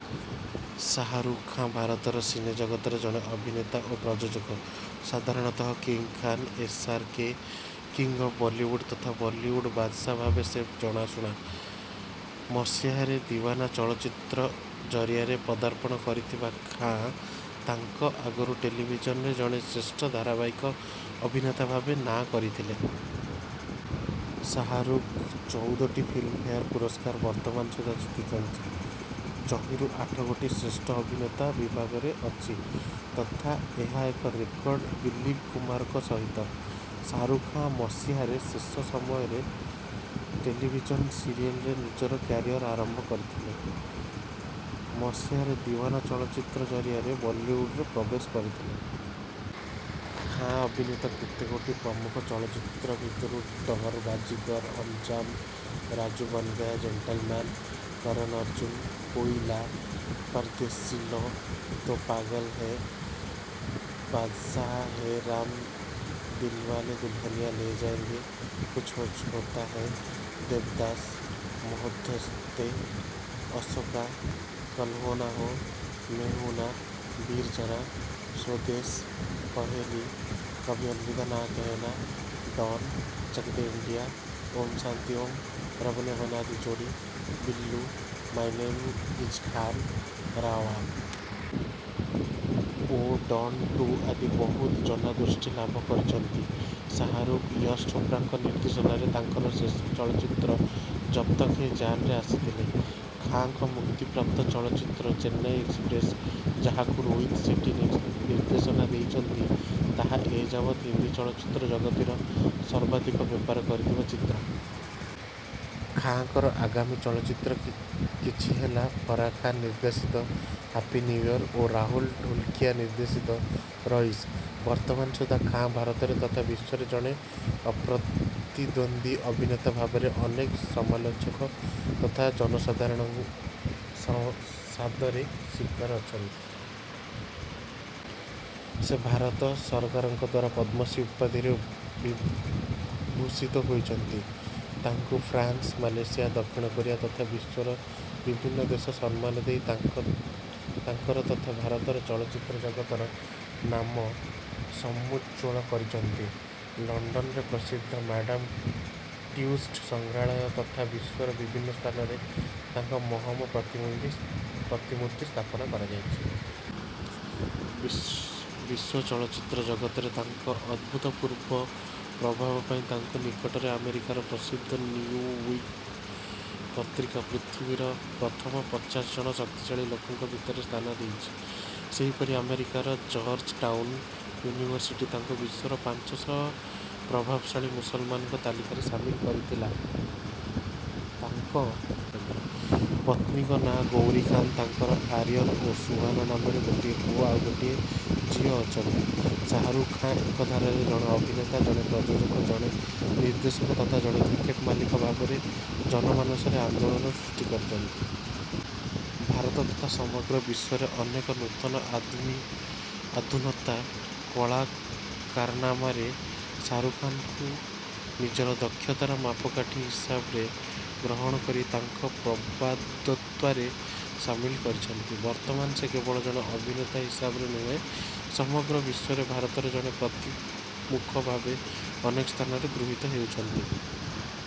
ସାହାରୁଖ ଖାଁ ଭାରତର ସିନେ ଜଗତର ଜଣେ ଅଭିନେତା ଓ ପ୍ରଯୋଜକ। ସାଧାରଣତଃ King Khan, S. R. K, King of Bollywood ତଥା ବଲିଉଡ଼ ବାଦଶାହ ଭାବରେ ସେ ଜଣାଶୁଣା। ମସିହାରେ ଦିବାନା ଚଳଚ୍ଚିତ୍ର ଜରିଆରେ ପଦାର୍ପଣ କରିଥିବା ଖାଁ ତା' ଆଗରୁ ଟେଲିଭିଜନରେ ଜଣେ ଶ୍ରେଷ୍ଠ ଧାରାବାହିକ ଅଭିନେତା ଭାବରେ ନାଁ କରିଥିଲେ। ସାହାରୁଖ ଚଉଦଟି ଫିଲ୍ମଫେୟାର୍ ପୁରସ୍କାର ବର୍ତ୍ତମାନ ସୁଦ୍ଧା ଜିତିଛନ୍ତି, ଯହିଁରୁ ଆଠ ଗୋଟି ଶ୍ରେଷ୍ଠ ଅଭିନେତା ବିଭାଗରେ ଅଛି, ତଥା ଏହା ଏକ ରେକର୍ଡ଼ ଦିଲ୍ଲୀପ କୁମାରଙ୍କ ସହିତ। ସାହାରୁଖ ଖାଁ ମସିହାର ଶେଷ ସମୟରେ ଟେଲିଭିଜନ୍ ସିରିୟଲରେ ନିଜର କ୍ୟାରିୟର୍ ଆରମ୍ଭ କରିଥିଲେ। ମସିହାରେ ଦିୱାନା ଚଳଚ୍ଚିତ୍ର ଜରିଆରେ ବଲିଉଡରେ ପ୍ରବେଶ କଲେ। ଖାଁ ଅଭିନୀତ କେତେଗୋଟି ପ୍ରମୁଖ ଚଳଚ୍ଚିତ୍ର ଭିତରୁ ଡର୍, ବାଜିଗର୍, ଅଞ୍ଜାମ୍, ରାଜୁ ବନଗୟା ଜେନ୍ଟଲ୍-ମ୍ୟାନ୍, କରନ-ଅର୍ଜୁନ, କୋଇଲା, ପରଦେଶ୍ଦି ଲ ତୋ ପାଗଲ ହୈ ବାଦଶାହ ହେ ରାମ ଦିଲବାଲେ ଦୁଲହନିଆଁ ଲେ ଜାଏଙ୍ଗେ, କୁଛ୍ କୁଛ୍ ହୋତା ହୈ, ଦେବଦାସ, ମହୋବ୍ୱତେ, ଅଶୋକା, କଲ୍ ହୋ ନା ହୋ, ମେ ହୁଁ ନା, ବୀର୍-ଜାରା, ସ୍ୱଦେଶ୍, ପହେଲି, କଭି ଅଲବିଦା ନା କହ ନା, ଡନ, ଚକ ଦେ ଇଣ୍ଡିଆ, ଓଁ ଶାନ୍ତି ଓଁ, ରବ୍ ନେ ବନା Di Jodi, Billu, my name is Khan, Ra One ଓ ଡନ ଟୁ ଆଦି ବହୁତ ଜନାଦୃତି ଲାଭ କରିଛନ୍ତି। ଶାହରୁଖ ୟଶ ଚୋପ୍ରାଙ୍କ ନିର୍ଦ୍ଦେଶନାରେ ତାଙ୍କର ଶେଷ ଚଳଚ୍ଚିତ୍ର 'ଜବ୍ ତକ୍ ହେ ଜାନ୍'ରେ ଆସିଥିଲେ। ଖାଁଙ୍କର -ମୁକ୍ତିପ୍ରାପ୍ତ ଚଳଚ୍ଚିତ୍ର 'ଚେନ୍ନାଇ ଏକ୍ସପ୍ରେସ୍', ଯାହାକୁ ରୋହିତ୍ ସେଟ୍ଟୀ ନିର୍ଦ୍ଦେଶନା ଦେଇଛନ୍ତି, ତାହା ଏ ଯାବତ୍ ହିନ୍ଦୀ ଚଳଚ୍ଚିତ୍ର-ଜଗତର ସର୍ବାଧିକ ବ୍ୟାପାର କରିଥିବା ଚିତ୍ର। ଖାଁଙ୍କର ଆଗାମୀ ଚଳଚ୍ଚିତ୍ର କିଛି ହେଲା ଫାରା ଖାନ ନିର୍ଦ୍ଦେଶିତ 'ହାପି ନ୍ୟୁ ଇୟର୍' ଓ ରାହୁଲ ଢୋଲକିଆ ନିର୍ଦ୍ଦେଶିତ 'ରଈସ'। ବର୍ତ୍ତମାନ ସୁଦ୍ଧା ଖାଁ ଭାରତର ତଥା ବିଶ୍ୱର ଜଣେ ଅପ୍ରତିଦ୍ୱନ୍ଦୀ ଅଭିନେତା ଭାବରେ ଅନେକ ସମାଲୋଚକ ତଥା ଜନସାଧାରଣ ସାଦରେ ସ୍ୱୀକାର କରିଛନ୍ତି। ସେ ଭାରତ ସରକାରଙ୍କ ଦ୍ୱାରା ପଦ୍ମଶ୍ରୀ ଉପାଧିରେ ଭୂଷିତ ହୋଇଛନ୍ତି। ତାଙ୍କୁ ଫ୍ରାନ୍ସ, ମାଲୟସିଆ, ଦକ୍ଷିଣ କୋରିଆ ତଥା ବିଶ୍ୱର ବିଭିନ୍ନ ଦେଶ ସମ୍ମାନ ଦେଇ ତାଙ୍କର ତଥା ଭାରତର ଚଳଚ୍ଚିତ୍ର ଜଗତର ନାମ ସମୁଜ୍ଜ୍ୱଳ କରିଛନ୍ତି। ଲଣ୍ଡନର ପ୍ରସିଦ୍ଧ ମାଡାମ ଟୁଷଡ୍ ସଂଗ୍ରହାଳୟ ତଥା ବିଶ୍ୱର ବିଭିନ୍ନ ସ୍ଥାନରେ ତାଙ୍କ ମହମ ପ୍ରତିମୂର୍ତ୍ତି ସ୍ଥାପନା କରାଯାଇଛି। ବିଶ୍ୱ ଚଳଚ୍ଚିତ୍ର ଜଗତରେ ତାଙ୍କ ଅଭୂତପୂର୍ବ ପ୍ରଭାବ ପାଇଁ ତାଙ୍କୁ ନିକଟରେ ଆମେରିକାର ପ୍ରସିଦ୍ଧ ନ୍ୟୁଜ-ୱିକ ପତ୍ରିକା ପୃଥିବୀର ପ୍ରଥମ ପଚାଶ ଜଣ ଶକ୍ତିଶାଳୀ ଲୋକଙ୍କ ଭିତରେ ସ୍ଥାନ ଦେଇଛି। ସେହିପରି ଆମେରିକାର ଜର୍ଜ-ଟାଉନ୍ ୟୁନିଭର୍ସିଟି ତାଙ୍କୁ ବିଶ୍ୱର ପାଞ୍ଚଶହ ପ୍ରଭାବଶାଳୀ ମୁସଲମାନଙ୍କ ତାଲିକାରେ ସାମିଲ କରିଥିଲା। ତାଙ୍କ ପତ୍ନୀଙ୍କ ନାଁ ଗୌରୀ ଖାଁ। ତାଙ୍କର ଆର୍ଯନ୍ ଓ ସୁହାନା ନାମରେ ଗୋଟିଏ ପୁଅ ଆଉ ଗୋଟିଏ ଝିଅ ଅଛନ୍ତି। ସାହାରୁଖ ଖାଁ ଏକାଧାରରେ ଜଣେ ଅଭିନେତା, ଜଣେ ପ୍ରଯୋଜକ, ଜଣେ ନିର୍ଦ୍ଦେଶକ ତଥା ଜଣେ କ୍ରିକେଟ୍ ମାଲିକ ଭାବରେ ଜନମାନସରେ ଆନ୍ଦୋଳନ ସୃଷ୍ଟି କରିଛନ୍ତି। ଭାରତ ତଥା ସମଗ୍ର ବିଶ୍ୱର ଅନେକ ନୂତନ ଓ ଅଧୁନାତନ କଳାକାରମାନେ ସାହାରୁଖ ଖାଁଙ୍କୁ ନିଜର ଦକ୍ଷତାର ମାପକାଠି ହିସାବରେ ଗ୍ରହଣ କରି ତାଙ୍କ ପ୍ରବାଦତ୍ୱରେ ସାମିଲ ହୋଇଛନ୍ତି। ବର୍ତ୍ତମାନ ସେ କେବଳ ଜଣେ ଅଭିନେତା ହିସାବରେ ନୁହେଁ, ସମଗ୍ର ବିଶ୍ୱରେ ଭାରତର ଜଣେ ପ୍ରତିମୁଖ ଭାବରେ ଅନେକ ସ୍ଥାନରେ ଗୃହୀତ ହେଉଛନ୍ତି।